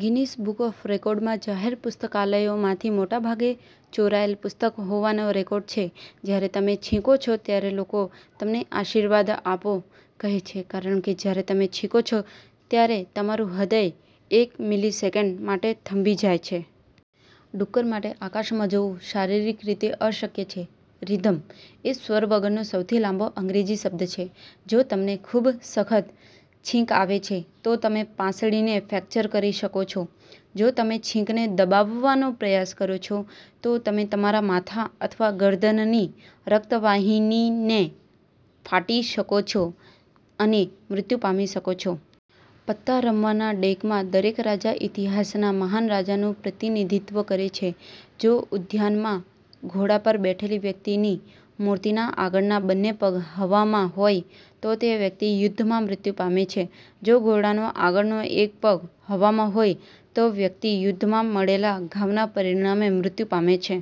Guinness book of રેકોર્ડમાં જાહેર પુસ્તકાલયોમાંથી મોટાભાગે ચોરાયેલ પુસ્તક હોવાનો રેકોર્ડ છે. જ્યારે તમે છીંકો છો ત્યારે લોકો "તમને આશીર્વાદ આપો" કહે છે કારણ કે જ્યારે તમે છીંકો છો, ત્યારે તમારું હૃદય એક મિલિસેકન્ડ માટે થંભી જાય છે. ડુક્કર માટે આકાશમાં જોવું શારીરિક રીતે અશક્ય છે "રિધમ" એ સ્વર વગરનો સૌથી લાંબો અંગ્રેજી શબ્દ છે. જો તમને ખૂબ સખત છીંક આવે છે, તો તમે પાંસળીને ફ્રેક્ચર કરી શકો છો. જો તમે છીંકને દબાવવાનો પ્રયાસ કરો છો, તો તમે તમારા માથા અથવા ગરદનની રક્તવાહિનીને ફાટી શકો છો અને મૃત્યુ પામી શકો છો. પત્તા રમવાના ડેકમાં દરેક રાજા ઇતિહાસના મહાન રાજાનું પ્રતિનિધિત્વ કરે છે. જો ઉદ્યાનમાં ઘોડા પર બેઠેલી વ્યક્તિની મૂર્તિના આગળના બંને પગ હવામાં હોય, તો તે વ્યક્તિ યુદ્ધમાં મૃત્યુ પામે છે. જો ઘોડાનો આગળનો એક પગ હવામાં હોય, તો વ્યક્તિ યુદ્ધમાં મળેલા ઘાવના પરિણામે મૃત્યુ પામે છે.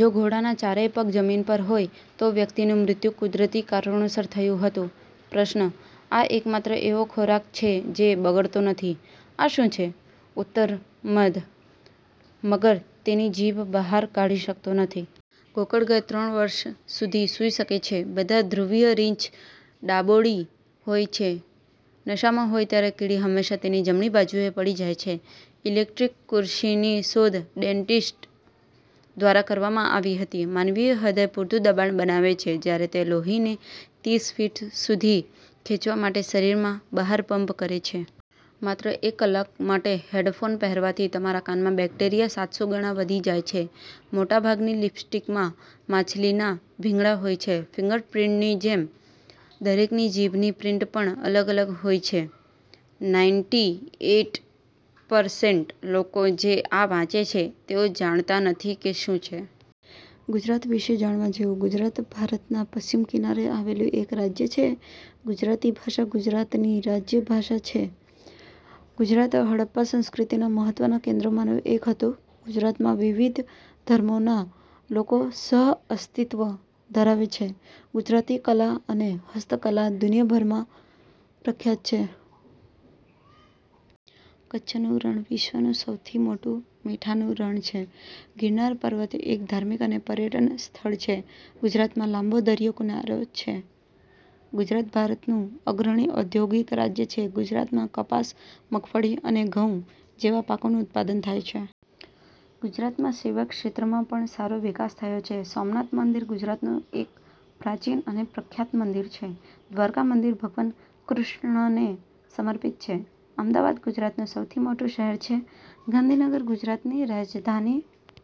જો ઘોડાના ચારેય પગ જમીન પર હોય, તો વ્યક્તિનું મૃત્યુ કુદરતી કારણોસર થયું હતું. પ્રશ્ન – આ એકમાત્ર એવો ખોરાક છે જે બગડતો નથી. આ શું છે? ઉત્તર– મધ. મગર તેની જીભ બહાર કાઢી શકતો નથી. ગોકળગાય ત્રણ વર્ષ સુધી સૂઈ શકે છે. બધા ધ્રુવીય રીંછ ડાબોડી હોય છે. નશામાં હોય ત્યારે કીડી હંમેશા તેની જમણી બાજુએ પડી જાય છે. ઇલેક્ટ્રિક ખુરશીની શોધ ડેન્ટિસ્ટ દ્વારા કરવામાં આવી હતી. માનવીય હૃદય પૂરતું દબાણ બનાવે છે, જ્યારે તે લોહીને તીસ ફીટ સુધી ખેંચવા માટે શરીરમાં બહાર પંપ કરે છે। માત્ર એક કલાક માટે હેડફોન પહેરવાથી તમારા કાનમાં બેક્ટેરિયા સાતસો ગણા વધી જાય છે. મોટાભાગની લિપસ્ટિકમાં માછલીના ભીંગડા હોય છે. ફિંગર પ્રિન્ટની જેમ દરેકની જીભની પ્રિન્ટ પણ અલગ અલગ હોય છે. નાઇનટી એઇટ પરસેન્ટ લોકો જે આ વાંચે છે, તેઓ જાણતા નથી કે શું છે. ગુજરાત વિશે જાણવા જેવું. ગુજરાત ભારતના પશ્ચિમ કિનારે આવેલું એક રાજ્ય છે. ગુજરાતી ભાષા ગુજરાતની રાજ્ય ભાષા છે. ગુજરાત હડપ્પા સંસ્કૃતિના મહત્વના કેન્દ્રોમાંનું એક હતું. ગુજરાતમાં વિવિધ ધર્મોના લોકો સહઅસ્તિત્વ ધરાવે છે. ગુજરાતી કલા અને હસ્તકલા દુનિયાભરમાં પ્રખ્યાત છે. કચ્છનું રણ વિશ્વનું સૌથી મોટું મીઠાનું રણ છે. ગીરનાર પર્વત એક ધાર્મિક અને પર્યટન સ્થળ છે. ગુજરાતમાં લાંબો દરિયાકિનારો છે. ગુજરાત ભારતનું અગ્રણી ઔદ્યોગિક રાજ્ય છે. ગુજરાતમાં કપાસ, મગફળી અને ઘઉં જેવા પાકોનું ઉત્પાદન થાય છે. ગુજરાતમાં સેવા ક્ષેત્રમાં પણ સારો વિકાસ થયો છે. સોમનાથ મંદિર ગુજરાતનું એક પ્રાચીન અને પ્રખ્યાત મંદિર છે. દ્વારકા મંદિર ભગવાન કૃષ્ણને સમર્પિત છે. અમદાવાદ ગુજરાતનું સૌથી મોટું શહેર છે. ગાંધીનગર ગુજરાતની રાજધાની